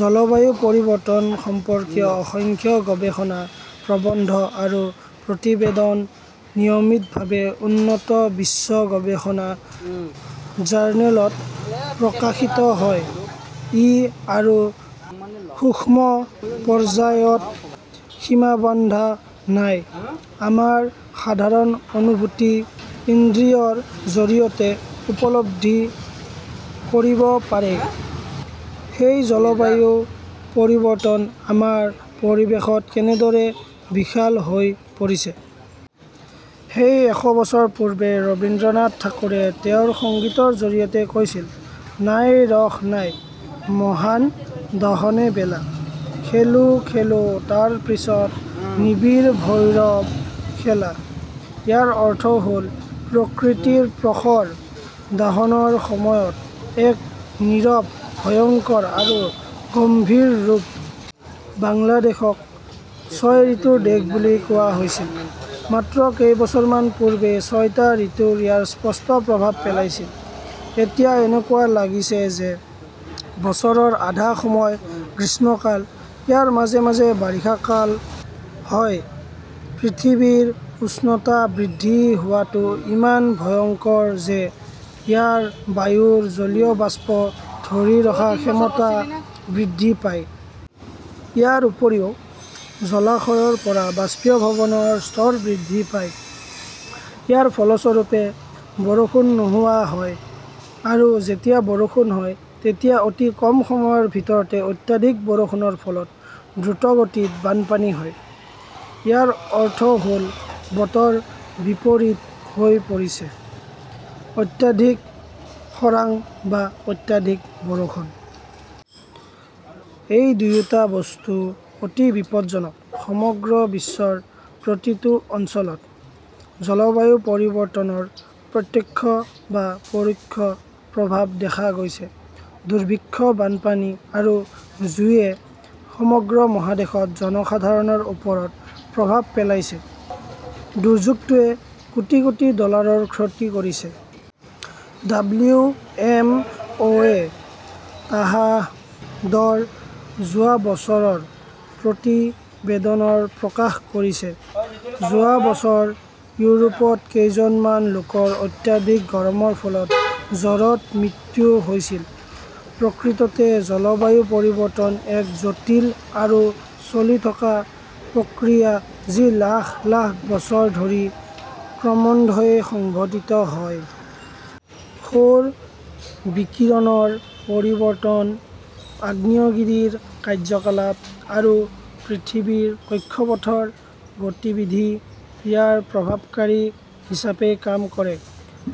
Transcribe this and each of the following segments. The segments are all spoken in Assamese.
জলবায়ু পৰিৱৰ্তন সম্পৰ্কীয় অসংখ্য গৱেষণা প্ৰবন্ধ আৰু প্ৰতিবেদন নিয়মিতভাৱে উন্নত বিশ্বৰ গৱেষণা জাৰ্নেলত প্ৰকাশিত হয়। ই আৰু সূক্ষ্ম পৰ্যায়ত সীমাবন্ধ নাই, আমাৰ সাধাৰণ অনুভূতি-ইন্দ্ৰিয়ৰ জৰিয়তে উপলব্ধি কৰিব পাৰি, সেই জলবায়ু পৰিৱৰ্তন আমাৰ পৰিৱেশত কেনেদৰে বিশাল হৈ পৰিছে। সেই এশ বছৰ পূৰ্বে ৰবীন্দ্ৰনাথ ঠাকুৰে তেওঁৰ সংগীতৰ জৰিয়তে কৈছিল, 'নাই ৰস নাই, মহান দাহনেবেলা। খেলো খেলো তাৰপিছত নীবীৱ ভৈৰৱ খেলা। ইয়াৰ অৰ্থ হ'ল, প্ৰকৃতিৰ প্ৰখৰ দাহনৰ সময়ত এক নীৰৱ, ভয়ংকৰ আৰু গম্ভীৰ ৰূপ। বাংলাদেশক ছয় ঋতুৰ দেশ বুলি কোৱা হৈছিল। মাত্ৰ কেইবছৰমান পূৰ্বে ছয়টা ঋতুই ইয়াৰ স্পষ্ট প্ৰভাৱ পেলাইছিল। এতিয়া এনেকুৱা লাগিছে যে, বছৰৰ আধা সময় গ্ৰীষ্মকাল। ইয়াৰ মাজে মাজে বাৰিষা কাল হয়। পৃথিৱীৰ উষ্ণতা বৃদ্ধি হোৱাটো ইমান ভয়ংকৰ যে, ইয়াৰ বায়ুত জলীয় বাষ্প ধৰি ৰখাৰ ক্ষমতা বৃদ্ধি পায়। ইয়াৰ উপৰিও জলাশয়ৰ পৰা বাষ্পীভৱনৰ স্তৰ বৃদ্ধি পায়। ইয়াৰ ফলস্বৰূপে, বৰষুণ নোহোৱা হয় আৰু যেতিয়া বৰষুণ হয়, তেতিয়া অতি কম সময়ৰ ভিতৰতে অত্যধিক বৰষুণৰ ফলত দ্ৰুতগতিত বানপানী হয়। ইয়াৰ অৰ্থ হ'ল বতৰ বিপৰীত হৈ পৰিছে, অত্যাধিক খৰাং বা অত্যাধিক বৰষুণ। এই দুয়োটা বস্তু অতি বিপদজনক। সমগ্ৰ বিশ্বৰ প্ৰতিটো অঞ্চলত জলবায়ু পৰিৱৰ্তনৰ প্ৰত্যক্ষ বা পৰোক্ষ প্ৰভাৱ দেখা গৈছে। দুৰ্ভিক্ষ, বানপানী আৰু জুইয়ে সমগ্ৰ মহাদেশৰ জনসাধাৰণৰ ওপৰত প্ৰভাৱ পেলাইছে। দুৰ্যোগটোৱে কোটি কোটি ডলাৰৰ ক্ষতি কৰিছে। ডব্লিউ এম অ'এ তাহাদৰ যোৱা বছৰৰ প্ৰতিবেদনয় প্ৰকাশ কৰিছে, যোৱা বছৰ ইউৰোপত কেইজনমন লোকৰ অত্যধিক গৰমৰ ফলত জ্বৰত মৃত্যু হৈছিল। প্ৰকৃততে জলবায়ু পৰিৱৰ্তন এক জটিল আৰু চলি থকা প্ৰক্ৰিয়া, যি লাখ লাখ বছৰ ধৰি ক্ৰমন্ধয়ে সংঘটিত হয়। সৌৰ বিকিৰণৰ পৰিৱৰ্তন, আগ্নেয়গিৰিৰ কাৰ্যকলাপ আৰু পৃথিৱীৰ কক্ষপথৰ গতিবিধি ইয়াৰ প্ৰভাৱকাৰী হিচাপে কাম কৰে;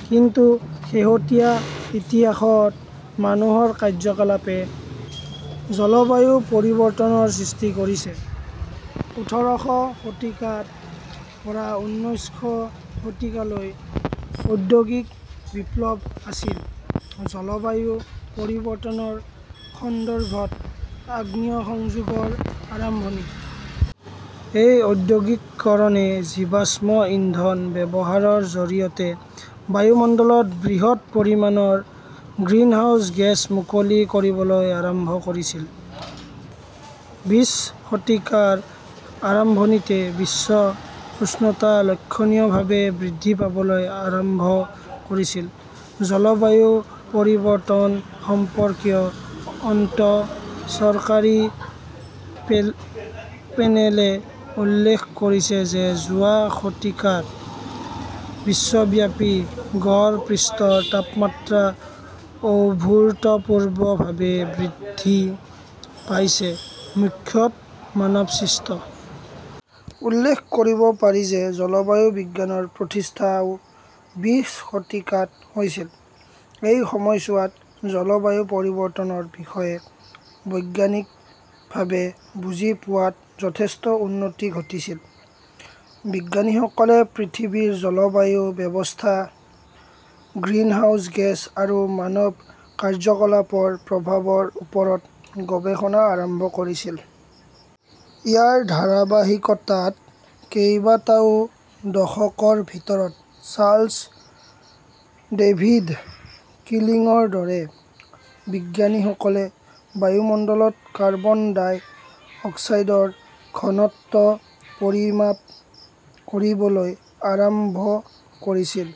কিন্তু শেহতীয়া ইতিহাসত মানুহৰ কাৰ্যকলাপে জলবায়ু পৰিৱৰ্তনৰ সৃষ্টি কৰিছে। উঠৰ শ শতিকাৰ পৰা ঊনৈশ শ শতিকালৈকে ঔদ্যোগিক বিপ্লৱ আছিল, জলবায়ু পৰিৱৰ্তনৰ সন্দৰ্ভত আগ্নিয়সংযোগৰ আৰম্ভণি। এই ঔদ্যোগিকৰণে জীৱাশ্ম ইন্ধন ব্যৱহাৰৰ জৰিয়তে বায়ুমণ্ডলত বৃহৎ পৰিমাণৰ গ্ৰীনহাউছ গেছ মুকলি কৰিবলৈ আৰম্ভ কৰিছিল। বিশ শতিকাৰ আৰম্ভণিতে বিশ্বৰ উষ্ণতা লক্ষণীয়ভাৱে বৃদ্ধি পাবলৈ আৰম্ভ কৰিছিল। জলবায়ু পৰিৱৰ্তন সম্পৰ্কীয় অন্তঃ চৰকাৰী পে পেনেলে উল্লেখ কৰিছে যে, যোৱা শতিকাত বিশ্বব্যাপী গড় পৃষ্ঠৰ তাপমাত্ৰা অভূতপূৰ্বভাৱে বৃদ্ধি পাইছে, মুখ্যতঃ মানৱ-সৃষ্ট। উল্লেখ কৰিব পাৰি যে, জলবায়ু বিজ্ঞানৰ প্ৰতিষ্ঠাও বিশ শতিকাত হৈছিল। এই সময়ছোৱাত জলবায়ু পৰিৱৰ্তনৰ বিষয়ে বৈজ্ঞানিকভাৱে বুজি পোৱাত যথেষ্ট উন্নতি ঘটিছিল। বিজ্ঞানীসকলে পৃথিৱীৰ জলবায়ু ব্যৱস্থা, গ্ৰীনহাউছ গেছ আৰু মানৱ কাৰ্যকলাপৰ প্ৰভাৱৰ ওপৰত গৱেষণা আৰম্ভ কৰিছিল। ইয়াৰ ধাৰাবাহিকতাত কেইবাটাও দশকৰ ভিতৰত চাৰ্লছ ডেভিড কিলিংৰ দৰে বিজ্ঞানীসকলে বায়ুমণ্ডলত কাৰ্বন ডাই অক্সাইডৰ ঘনত্ব পৰিমাপ কৰিবলৈ আৰম্ভ কৰিছিল।